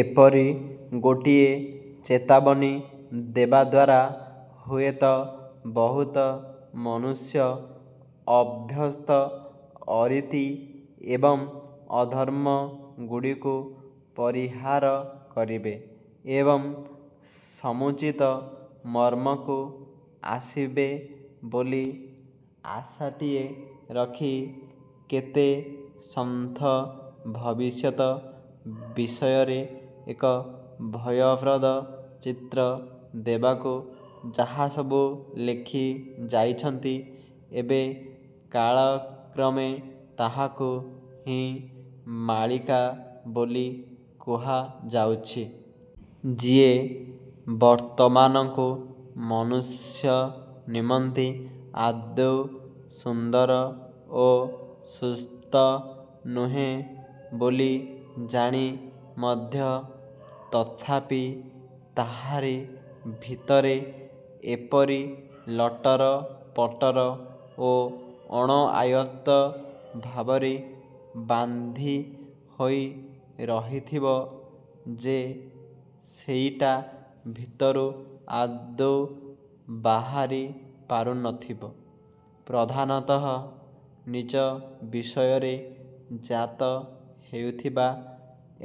ଏପରି ଗୋଟିଏ ଚେତାବନୀ ଦେବାଦ୍ୱାରା ହୁଏତ ବହୁତ ମନୁଷ୍ୟ ଅଭ୍ୟସ୍ତ ଅରୀତି ଏବଂ ଅଧର୍ମଗୁଡ଼ିକୁ ପରିହାର କରିବେ ଏବଂ ସମୁଚିତ ମର୍ମକୁ ଆସିବେ ବୋଲି ଆଶାଟିଏ ରଖି କେତେ ସନ୍ଥ ଭବିଷ୍ୟତ ବିଷୟରେ ଏକ ଭୟପ୍ରଦ ଚିତ୍ର ଦେବାକୁ ଯାହାସବୁ ଲେଖି ଯାଇଛନ୍ତି ଏବେ କାଳକ୍ରମେ ତାହାକୁ ହିଁ ମାଳିକା ବୋଲି କୁହାଯାଉଛି। ଯିଏ ବର୍ତ୍ତମାନକୁ ମନୁଷ୍ୟ ନିମନ୍ତେ ଆଦୌ ସୁନ୍ଦର ଓ ସୁସ୍ଥ ନୁହେଁ ବୋଲି ଜାଣି ମଧ୍ୟ ତଥାପି ତାହାରି। ଭିତରେ ଏପରି ଲଟରପଟର ଓ ଅଣଆୟତ୍ତ ଭାବରେ ବାନ୍ଧି ହୋଇ ରହିଥିବ ଯେ ସେଇଟା ଭିତରୁ ଆଦୌ ବାହାରି ପାରୁନଥିବ ପ୍ରଧାନତଃ ନିଜ ବିଷୟରେ ଜାତ ହେଉଥିବା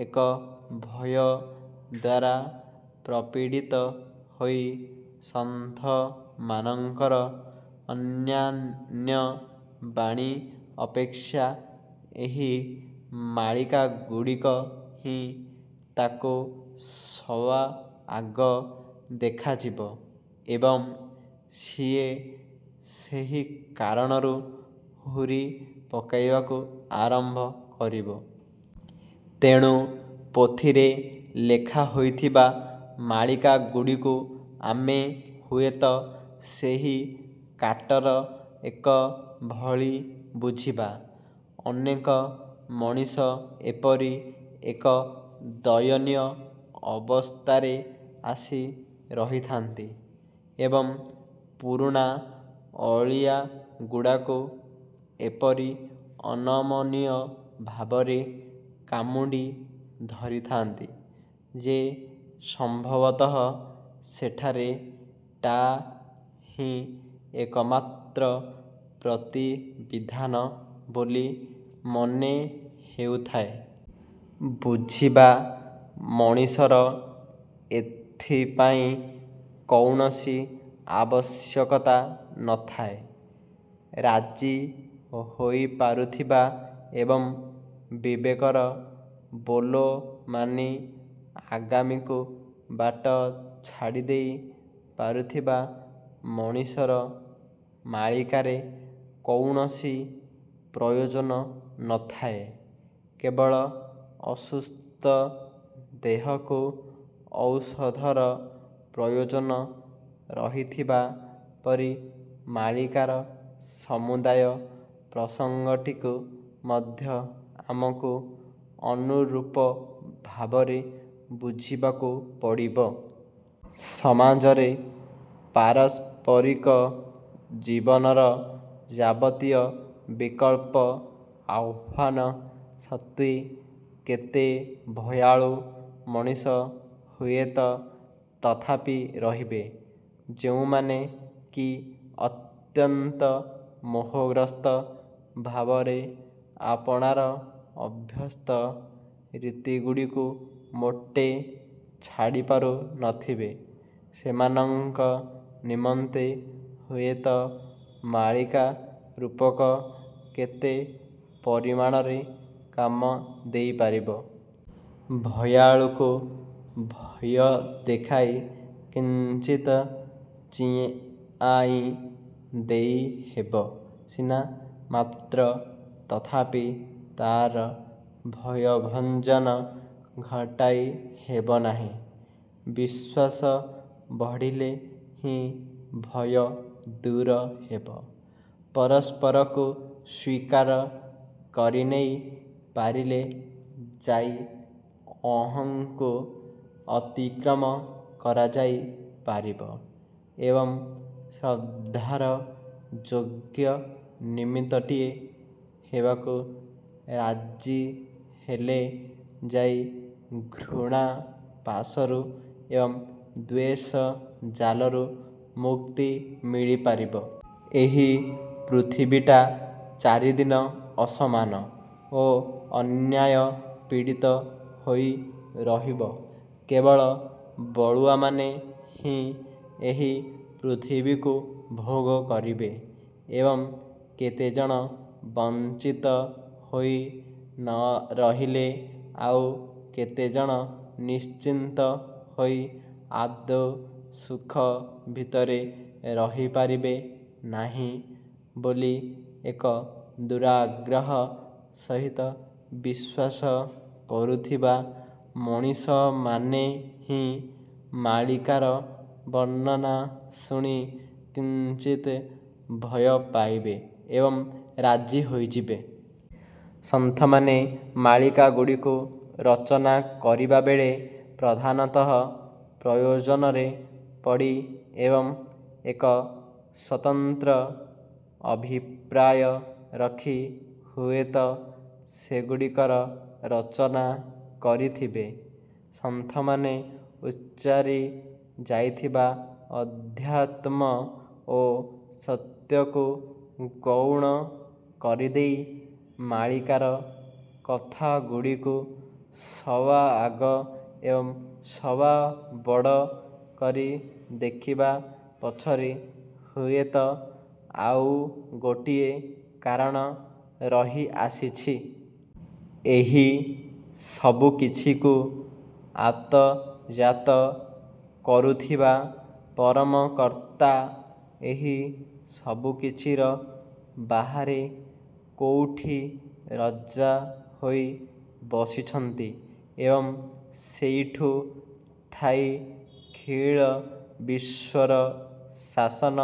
ଏକ ଭୟ ଦ୍ଵାରା ପ୍ରପୀଡ଼ିତ ହୋଇ ସନ୍ଥମାନଙ୍କର ଅନ୍ୟାନ୍ୟ ବାଣୀ ଅପେକ୍ଶା ଏହି ମାଳିକାଗୁଡ଼ିକ ହିଁ ତାକୁ ସବାଆଗ ଦେଖାଯିବ ଏବଂ ସିଏ ସେହି କାରଣରୁ ହୁରି ପକାଇବାକୁ ଆରମ୍ଭ କରିବ। ତେଣୁ ପୋଥିରେ ଲେଖା ହୋଇଥିବା ମାଳିକାଗୁଡ଼ିକୁ ଆମେ ହୁଏତ ସେହି କାଟର ଏକ ଭଳି ବୁଝିବା। ଅନେକ ମଣିଷ ଏପରି ଏକ ଦୟନୀୟ ଅବସ୍ଥାରେ ଆସି ରହିଥାନ୍ତି ଏବଂ ପୁରୁଣା ଅଳିଆଗୁଡ଼ାକୁ ଏପରି ଅନମନୀୟ ଭାବରେ କାମୁଡ଼ି ଧରିଥାନ୍ତି ଯେ ସମ୍ଭବତଃ ସେଠାରେ ଟା ହିଁ ଏକମାତ୍ର ପ୍ରତିବିଧାନ ବୋଲି ମନେହେଉଥାଏ-। ବୁଝିବା ମଣିଷର ଏଥିପାଇଁ କୌଣସି ଆବଶ୍ୟକତା ନଥାଏ। ରାଜି ହୋଇପାରୁଥିବା ଏବଂ ବିବେକର ବୋଲମାନି ଆଗାମୀକୁ ବାଟ ଛାଡ଼ିଦେଇ ପାରୁଥିବା ମଣିଷର ମାଳିକାରେ କୌଣସି ପ୍ରୟୋଜନ ନଥାଏ। କେବଳ ଅସୁସ୍ଥ ଦେହକୁ ଔଷଧର ପ୍ରୟୋଜନ ରହିଥିବା ପରି ମାଳିକାର ସମୁଦାୟ ପ୍ରସଙ୍ଗଟିକୁ ମଧ୍ୟ ଆମକୁ ଅନୁରୂପ ଭାବରେ ବୁଝିବାକୁ ପଡ଼ିବ। ସମାଜରେ, ପାରସ୍ପରିକ ଜୀବନର ଯାବତୀୟ ବିକଳ୍ପ ଆହ୍ୱାନ ସତ୍ତ୍ୱେ କେତେ ଭୟାଳୁ ମଣିଷ ହୁଏତ ତଥାପି ରହିବେ, ଯେଉଁମାନେ କି ଅତ୍ୟନ୍ତ ମୋହଗ୍ରସ୍ତ ଭାବରେ ଆପଣାର ଅଭ୍ୟସ୍ତ ରୀତିଗୁଡ଼ିକୁ ମୋଟେ ଛାଡ଼ିପାରୁ ନଥିବେ। ସେମାନଙ୍କ ନିମନ୍ତେ ହୁଏତ ମାଳିକା ରୂପକ କେତେ ପରିମାଣରେ କାମ ଦେଇପାରିବ। ଭୟାଳୁକୁ ଭୟ ଦେଖାଇ କିଞ୍ଚିତ୍ ଚିଆଇଁ ଦେଇହେବ ସିନା, ମାତ୍ର ତଥାପି ତା'ର ଭୟଭଞ୍ଜନ ଘଟାଇ ହେବନାହିଁ। ବିଶ୍ୱାସ ବଢ଼ିଲେ ହିଁ ଭୟ ଦୂର ହେବ, ପରସ୍ପରକୁ ସ୍ୱୀକାର କରିନେଇ ପାରିଲେ ଯାଇ ଅହଂକୁ ଅତିକ୍ରମ କରାଯାଇ ପାରିବ ଏବଂ ଶ୍ରଦ୍ଧାର ଯୋଗ୍ୟ ନିମିତ୍ତଟିଏ ହେବାକୁ ରାଜି ହେଲେ ଯାଇ ଘୃଣାପାଶରୁ ଏବଂ ଦ୍ୱେଷଜାଲରୁ ମୁକ୍ତି ମିଳିପାରିବ। ଏହି ପୃଥିବୀଟା ଚାରିଦିନ ଅସମାନ ଓ ଅନ୍ୟାୟପୀଡ଼ିତ ହୋଇ ରହିବ କେବଳ ବଳୁଆମାନେ ହିଁ ଏହି ପୃଥିବୀକୁ ଭୋଗ କରିବେ ଏବଂ କେତେଜଣ ବଂଚିତ ହୋଇ ନ ରହିଲେ ଆଉ କେତେଜଣ ନିଶ୍ଚିନ୍ତ ହୋଇ ଆଦୌ ସୁଖ ଭିତରେ ରହିପାରିବେ ନାହିଁ ବୋଲି ଏକ ଦୁରାଗ୍ରହ ସହିତ ବିଶ୍ଵାସ କରୁଥିବା ମଣିଷମାନେ ହିଁ ମାଳିକାର ବର୍ଣ୍ଣନା ଶୁଣି କିଞ୍ଚିତେ ଭୟ ପାଇବେ ଏବଂ ରାଜି ହୋଇଯିବେ। ସନ୍ଥମାନେ ମାଳିକାଗୁଡ଼ିକୁ ରଚନା କରିବାବେଳେ ପ୍ରଧାନତଃ ପ୍ରୟୋଜନରେ ପଡ଼ି ଏବଂ ଏକ ସ୍ଵତନ୍ତ୍ର ଅଭିପ୍ରାୟ ରଖି ହୁଏତ ସେଗୁଡ଼ିକର ରଚନା କରିଥିବେ। ସନ୍ଥମାନେ ଉଚ୍ଚାରି ଯାଇଥିବା ଅଧ୍ୟାତ୍ମ ଓ ସତ୍ୟକୁ ଗୌଣ କରିଦେଇ ମାଳିକାର କଥାଗୁଡ଼ିକୁ ସୱାଆଗ ଏବଂ ସୱାବଡ଼ କରି ଦେଖିବା ପଛରେ ହୁଏତ ଆଉ ଗୋଟିଏ କାରଣ ରହିଆସିଛି। ଏହି ସବୁକିଛିକୁ ଆତଯାତ କରୁଥିବା ପରମକର୍ତ୍ତା ଏହି ସବୁକିଛିର ବାହାରେ କୋଉଠି ରଜା ହୋଇ ବସିଛନ୍ତି ଏବଂ ସେଇଠୁ ଥାଇ ଖିଳ ବିଶ୍ୱର ଶାସନ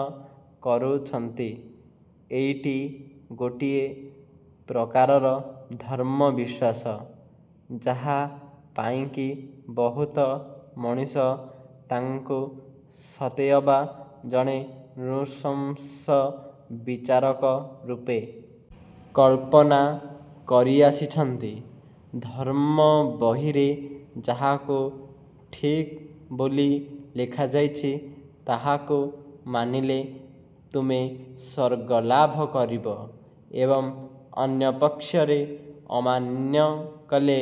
କରୁଛନ୍ତି ଏଇଟି ଗୋଟିଏ ପ୍ରକାରର ଧର୍ମବିଶ୍ଵାସ, ଯାହା ପାଇଁକି ବହୁତ ମଣିଷ ତାଙ୍କୁ ସତେଅବା ଜଣେ ନୃଶଂସ ବିଚାରକ ରୂପେ କଳ୍ପନା କରିଆସିଛନ୍ତି ଧର୍ମବହିରେ ଯାହାକୁ ଠିକ୍ ବୋଲି ଲେଖାଯାଇଛି ତାହକୁ ମାନିଲେ ତୁମେ ସ୍ୱର୍ଗଲାଭ କରିବ ଏବଂ ଅନ୍ୟପକ୍ଷ୍ଶ୍ୟରେ ଅମାନ୍ୟ କଲେ